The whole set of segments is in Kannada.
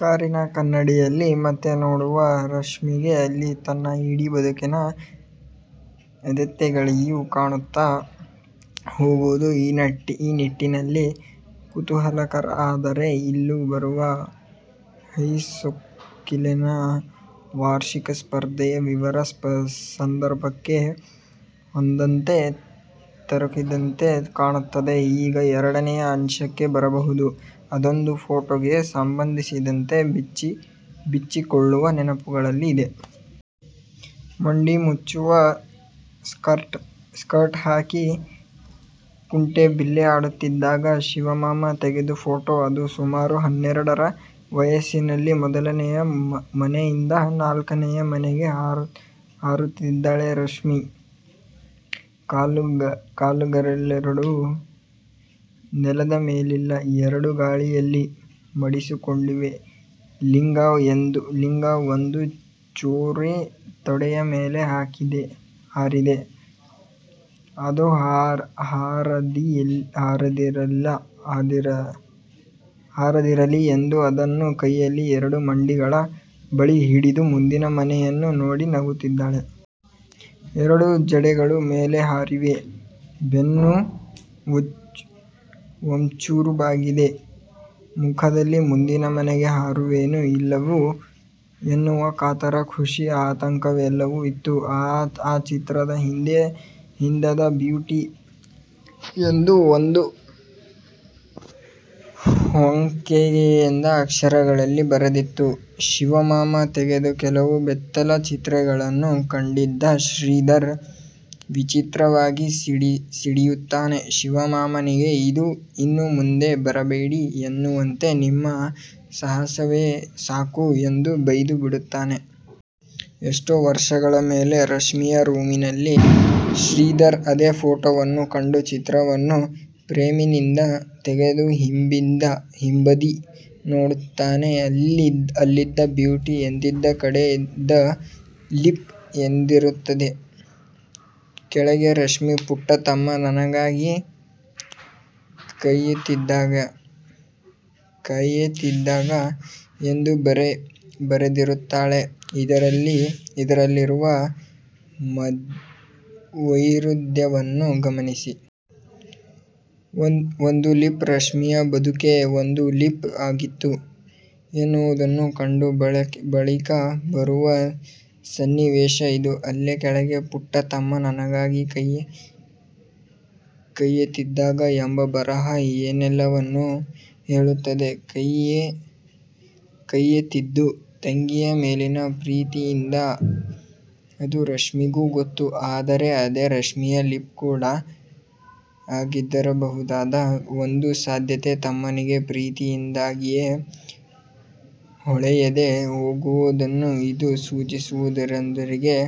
ಕಾರಿನ ಕನ್ನಡಿಯಲ್ಲಿ ಮತ್ತೆ ನೋಡುವ ರಶ್ಮಿಗೆ ಅಲ್ಲಿ ತನ್ನ ಇಡೀ ಬದುಕಿನ ಆದ್ಯತೆಗಳೆಲ್ಲವೂ ಕಾಣುತ್ತ ಹೋಗುವುದು ಈ ನಿಟ್ಟಿನಲ್ಲಿ ಕುತೂಹಲಕರ. ಆದರೆ ಇಲ್ಲೂ ಬರುವ ಹೈಸ್ಕೂಲಿನ ವಾರ್ಷಿಕ ಸ್ಪರ್ಧೆಯ ವಿವರ ಸಂದರ್ಭಕ್ಕೆ ಹೊಂದದಂತೆ, ತುರುಕಿದಂತೆ ಕಾಣುತ್ತದೆ. ಈಗ ಎರಡನೆಯ ಅಂಶಕ್ಕೆ ಬರಬಹುದು. ಅದೊಂದು ಫೋಟೋಗೆ ಸಂಬಂಧಿಸಿದಂತೆ ಬಿಚ್ಚಿಕೊಳ್ಳುವ ನೆನಪುಗಳಲ್ಲಿ ಇದೆ. ಮಂಡಿ ಮುಚ್ಚುವ ಸ್ಕರ್ಟ್ ಹಾಕಿ ಕುಂಟೇಬಿಲ್ಲೆ ಆಡುತ್ತಿದ್ದಾಗ ಶಿವೂಮಾಮ ತೆಗೆದ ಫೋಟೋ ಅದು. ಸುಮಾರು ಹನ್ನೆರಡರ ವಯಸ್ಸಿನಲ್ಲಿ. "ಮೊದಲನೆಯ ಮನೆಯಿಂದ ನಾಲ್ಕನೆಯ ಮನೆಗೆ ಹಾರುತ್ತಿದ್ದಾಳೆ, ರಶ್ಮಿ. ಕಾಲುಗಳೆರಡೂ ನೆಲದ ಮೇಲಿಲ್ಲ. ಎರಡೂ ಗಾಳಿಯಲ್ಲಿ ಮಡಿಸಿಕೊಂಡಿವೆ. ಲಂಗ ಒಂದು ಚೂರೇ ತೊಡೆಯ ಮೇಲೆ ಹಾರಿದೆ. ಅದೂ ಹಾರದಿರಲಿ ಎಂದು ಅದನ್ನು ಕೈಯಲ್ಲಿ ಎರಡೂ ಮಂಡಿಗಳ ಬಳಿ ಹಿಡಿದು ಮುಂದಿನ ಮನೆಯನ್ನು ನೋಡಿ ನಗುತ್ತಿದ್ದಾಳೆ. ಎರಡೂ ಜಡೆಗಳೂ ಮೇಲೆ ಹಾರಿವೆ. ಬೆನ್ನು ಒಮ್ಚೂರು ಬಾಗಿದೆ. ಮುಖದಲ್ಲಿ ಮುಂದಿನ ಮನೆಗೆ ಹಾರುವೆನೋ ಇಲ್ಲವೋ ಎನ್ನುವ ಕಾತರ, ಖುಷಿ, ಆತಂಕಎಲ್ಲವೂ ಇತ್ತು. ಆ ಚಿತ್ರದ ಹಿಂದೆ ದ ಬ್ಯೂಟಿ ಎಂದು ಒಂಕೊಂಕಿಯಾದ ಅಕ್ಷರಗಳಲ್ಲಿ ಬರೆದಿತ್ತು". ಶಿವೂಮಾಮ ತೆಗೆದ ಕೆಲವು ಬೆತ್ತಲೆ ಚಿತ್ರಗಳನ್ನೂ ಕಂಡಿದ್ದ ಶ್ರೀಧರ ವಿಚಿತ್ರವಾಗಿ ಸಿಡಿಯುತ್ತಾನೆ, ಶಿವೂಮಾಮನಿಗೆ ಇನ್ನು ಮುಂದೆ ಬರಬೇಡಿ ಎನ್ನುವಂತೆ ನಿಮ್ಮ ಸಹವಾಸವೇ ಸಾಕು ಎಂದು ಬೈದು ಬಿಡುತ್ತಾನೆ. ಎಷ್ಟೋ ವರ್ಷಗಳ ಮೇಲೆ, ರಶ್ಮಿಯ ರೂಮಿನಲ್ಲಿ ಶ್ರೀಧರ ಅದೇ ಫೋಟೋವನ್ನು ಕಂಡು, ಚಿತ್ರವನ್ನು ಫ್ರೇಮಿನಿಂದ ತೆಗೆದು ಹಿಂಬದಿ ನೋಡುತ್ತಾನೆ. ಅಲ್ಲಿ ದ ಬ್ಯೂಟಿ ಎಂದಿದ್ದ ಕಡೆ ದ ಲೀಪ್ ಎಂದಿರುತ್ತದೆ. ಕೆಳಗೆ ರಶ್ಮಿ 'ಪುಟ್ಟ ತಮ್ಮ ನನಗಾಗಿ ಕೈಯೆತ್ತಿದಾಗ' ಎಂದೂ ಬರೆದಿರುತ್ತಾಳೆ. ಇದರಲ್ಲಿರುವ ವೈರುಧ್ಯವನ್ನು ಗಮನಿಸಿ. ಒಂದು ದ ಲೀಪ್, ರಶ್ಮಿಯ ಬದುಕೇ ಒಂದು ಲೀಪ್ ಆಗಿತ್ತು ಎನ್ನುವುದನ್ನು ಕಂಡ ಬಳಿಕ ಬರುವ ಸನ್ನಿವೇಶ ಇದು. ಅಲ್ಲೇ ಕೆಳಗೆ, ಪುಟ್ಟ ತಮ್ಮ ನನಗಾಗಿ ಕೈಯೆತ್ತಿದಾಗ ಎಂಬ ಬರಹ ಏನೆಲ್ಲವನ್ನು ಹೇಳುತ್ತದೆ. ಕೈಯೆತ್ತಿದ್ದು ತಂಗಿಯ ಮೇಲಿನ ಪ್ರೀತಿಯಿಂದ. ಅದು ರಶ್ಮಿಗೂ ಗೊತ್ತು. ಆದರೆ ಅದೇ ರಶ್ಮಿಯ ಲೀಪ್ ಕೂಡ ಆಗಿದ್ದಿರಬಹುದಾದ ಒಂದು ಸಾಧ್ಯತೆ ತಮ್ಮನಿಗೆ ಪ್ರೀತಿಯಿಂದಾಗಿಯೇ ಹೊಳೆಯದೇ ಹೋಗುವುದನ್ನು ಇದು ಸೂಚಿಸುವುದರೊಂದಿಗೇ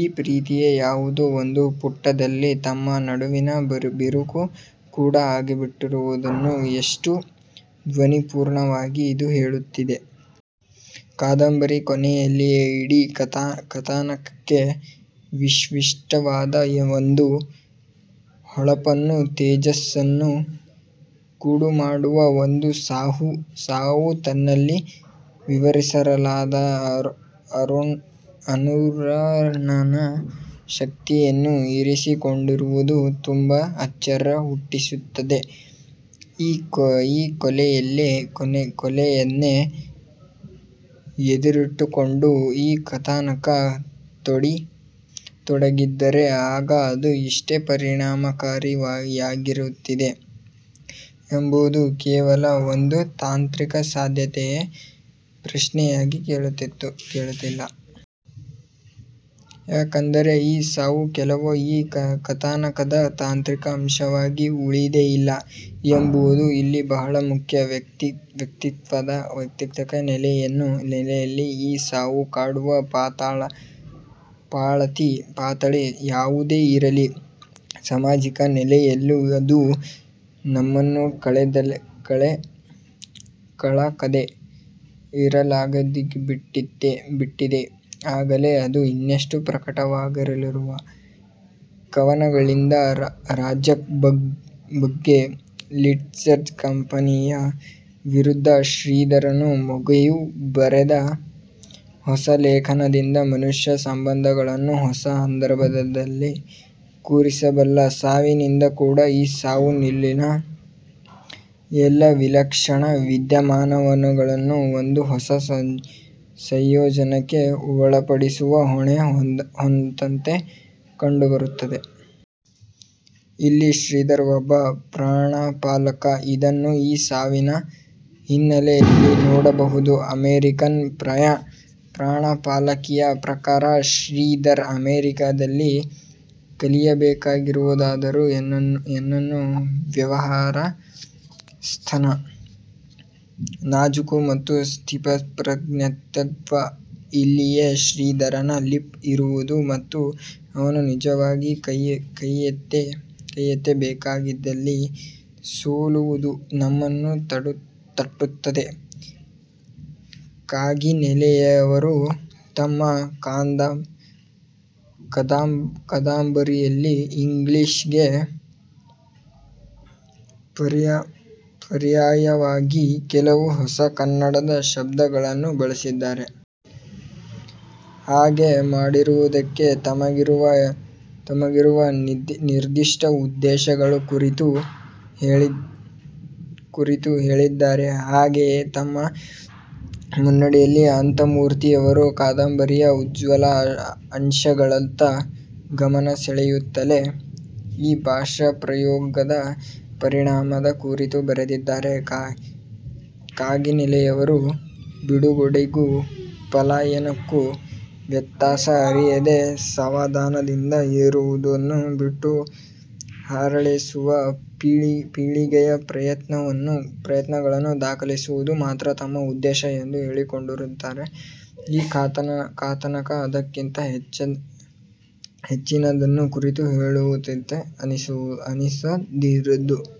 ಈ ಪ್ರೀತಿಯೇ ಯಾವುದೋ ಒಂದು ಘಟ್ಟದಲ್ಲಿ ತಮ್ಮ ನಡುವಿನ ಬಿರುಕು ಕೂಡ ಆಗಿಬಿಟ್ಟಿರುವುದನ್ನು ಎಷ್ಟು ಧ್ವನಿಪೂರ್ಣವಾಗಿ ಇದು ಹೇಳುತ್ತಿದೆ. ಕಾದಂಬರಿಯ ಕೊನೆಯಲ್ಲಿ ಇಡೀ ಕಥಾನಕಕ್ಕೇ ವಿಶಿಷ್ಟವಾದ ಒಂದು ಹೊಳಪನ್ನು, ತೇಜಸ್ಸನ್ನು ಕೊಡಮಾಡುವ ಒಂದು ಸಾವು ತನ್ನಲ್ಲಿ ವಿವರಿಸಲಾರದ ಅನುರಣನ ಶಕ್ತಿಯನ್ನು ಇರಿಸಿಕೊಂಡಿರುವುದು ತುಂಬ ಅಚ್ಚರಿ ಹುಟ್ಟಿಸುತ್ತದೆ. ಈ ಕೊಲೆಯನ್ನೇ ಎದುರಿಟ್ಟುಕೊಂಡು ಈ ಕಥಾನಕ ತೊಡಗಿದ್ದರೆ ಆಗ ಅದು ಇಷ್ಟೇ ಪರಿಣಾಮಕಾರಿಯಾಗಿರುತ್ತಿತ್ತೇ ಎಂಬುದು ಕೇವಲ ಒಂದು ತಾಂತ್ರಿಕ ಸಾಧ್ಯತೆಯ ಪ್ರಶ್ನೆಯಾಗಿ ಕೇಳುತ್ತಿಲ್ಲ. ಯಾಕೆಂದರೆ ಈ ಸಾವು ಕೇವಲ ಈ ಕಥಾನಕದ ತಾಂತ್ರಿಕ ಅಂಶವಾಗಿ ಉಳಿದೇ ಇಲ್ಲ ಎಂಬುದೂ ಇಲ್ಲಿ ಬಹಳ ಮುಖ್ಯ. ವೈಯಕ್ತಿಕ ನೆಲೆಯಲ್ಲಿ ಈ ಸಾವು ಕಾಡುವ ಪಾತಳಿ ಯಾವುದೇ ಇರಲಿ, ಸಾಮಾಜಿಕ ನೆಲೆಯಲ್ಲೂ ಅದು ನಮ್ಮನ್ನು ಕಲಕದೇ ಇರಲಾರದ್ದಾಗಿಬಿಟ್ಟಿದೆ. ಆಗಲೇ ಅದು ಇನ್ನಷ್ಟೇ ಪ್ರಕಟವಾಗಲಿರುವ ಕವನಗಳಿಂದ, ರೊಜಾಕ್ ಬಗ್ಗೆ ಲಿಟ್ಜರ್ ಕಂಪೆನಿಯ ವಿರುದ್ಧ ಶ್ರೀಧರನೂ ಘೂಗೆಯೂ ಬರೆದ ಹೊಸ ಲೇಖನದಿಂದ ಮನುಷ್ಯ ಸಂಬಂಧಗಳನ್ನು ಹೊಸ ಅರ್ಥಬಂಧದಲ್ಲಿ ಕೂರಿಸಬಲ್ಲ ಸಾವಿನಿಂದ ಕೂಡ ಈ ಸಾವು ಇಲ್ಲಿನ ಎಲ್ಲ ವಿಲಕ್ಷಣ ವಿದ್ಯಮಾನಗಳನ್ನು ಒಂದು ಹೊಸ ಸಂಯೋಜನೆಗೆ ಒಳಪಡಿಸುವ ಹೊಣೆ ಹೊತ್ತಂತೆ ಕಂಡುಬರುತ್ತದೆ. ಇಲ್ಲಿ ಶ್ರೀಧರ ಒಬ್ಬ "ಪ್ರಾಣಪಾಲಕ". ಇದನ್ನು ಈ ಸಾವಿನ ಹಿನ್ನೆಲೆಯಲ್ಲಿ ನೋಡಬಹುದು. ಅಮೆರಿಕನ್ ಪ್ರಾಣಪಾಲಕಿಯ ಪ್ರಕಾರ ಶ್ರೀಧರ ಅಮೆರಿಕದಲ್ಲಿ ಕಲಿಯಬೇಕಾಗಿರುವುದಾದರೂ ಏನನ್ನು? ವ್ಯವಹಾರಸ್ಥನ ನಾಜೂಕು ಮತ್ತು ಸ್ಥಿತಪ್ರಜ್ಞತ್ವ. ಇಲ್ಲಿಯೇ ಶ್ರೀಧರನ ಲೀಪ್ ಇರುವುದು ಮತ್ತು ಅವನು ನಿಜವಾಗಿ ಕೈಯೆತ್ತ ಬೇಕಾಗಿದ್ದಲ್ಲಿ ಸೋಲುವುದು ನಮ್ಮನ್ನು ತಟ್ಟುತ್ತದೆ. ಕಾಗಿನೆಲೆಯವರು ತಮ್ಮ ಕಾದಂಬರಿಯಲ್ಲಿ ಇಂಗ್ಲೀಷ್ಗೆ ಪರ್ಯಾಯವಾಗಿ ಕೆಲವು ಹೊಸ ಕನ್ನಡ ಶಬ್ದಗಳನ್ನು ಬಳಸಿದ್ದಾರೆ. ಹಾಗೆ ಮಾಡಿರುವುದಕ್ಕೆ ತಮಗಿರುವ ನಿರ್ದಿಷ್ಟ ಉದ್ದೇಶಗಳ ಕುರಿತೂ ಹೇಳಿದ್ದಾರೆ. ಹಾಗೆಯೇ ತಮ್ಮ ಮುನ್ನುಡಿಯಲ್ಲಿ ಅನಂತಮೂರ್ತಿಯವರು ಕಾದಂಬರಿಯ ಉಜ್ವಲ ಅಂಶಗಳತ್ತ ಗಮನ ಸೆಳೆಯುತ್ತಲೇ ಈ ಭಾಷಾಪ್ರಯೋಗದ ಪರಿಣಾಮದ ಕುರಿತೂ ಬರೆದಿದ್ದಾರೆ. ಕಾಗಿನೆಲೆಯವರು ಬಿಡುಗಡೆಗೂ ಪಲಾಯನಕ್ಕೂ ವ್ಯತ್ಯಾಸ ಅರಿಯದ, ಸಾವಧಾನದಿಂದ ಏರುವುದನ್ನು ಬಿಟ್ಟು ಹಾರಲೆಳಸುವ ಪೀಳಿಗೆಯ ಪ್ರಯತ್ನಗಳನ್ನು ದಾಖಲಿಸುವುದು ಮಾತ್ರ ತಮ್ಮ ಉದ್ದೇಶ ಎಂದು ಹೇಳಿಕೊಂಡಿದ್ದರೂ ಈ ಕಥಾನಕ ಅದಕ್ಕಿಂತ ಹೆಚ್ಚಿನದನ್ನು ಕುರಿತು ಹೇಳುತ್ತಿದೆ ಅನಿಸದಿರದು.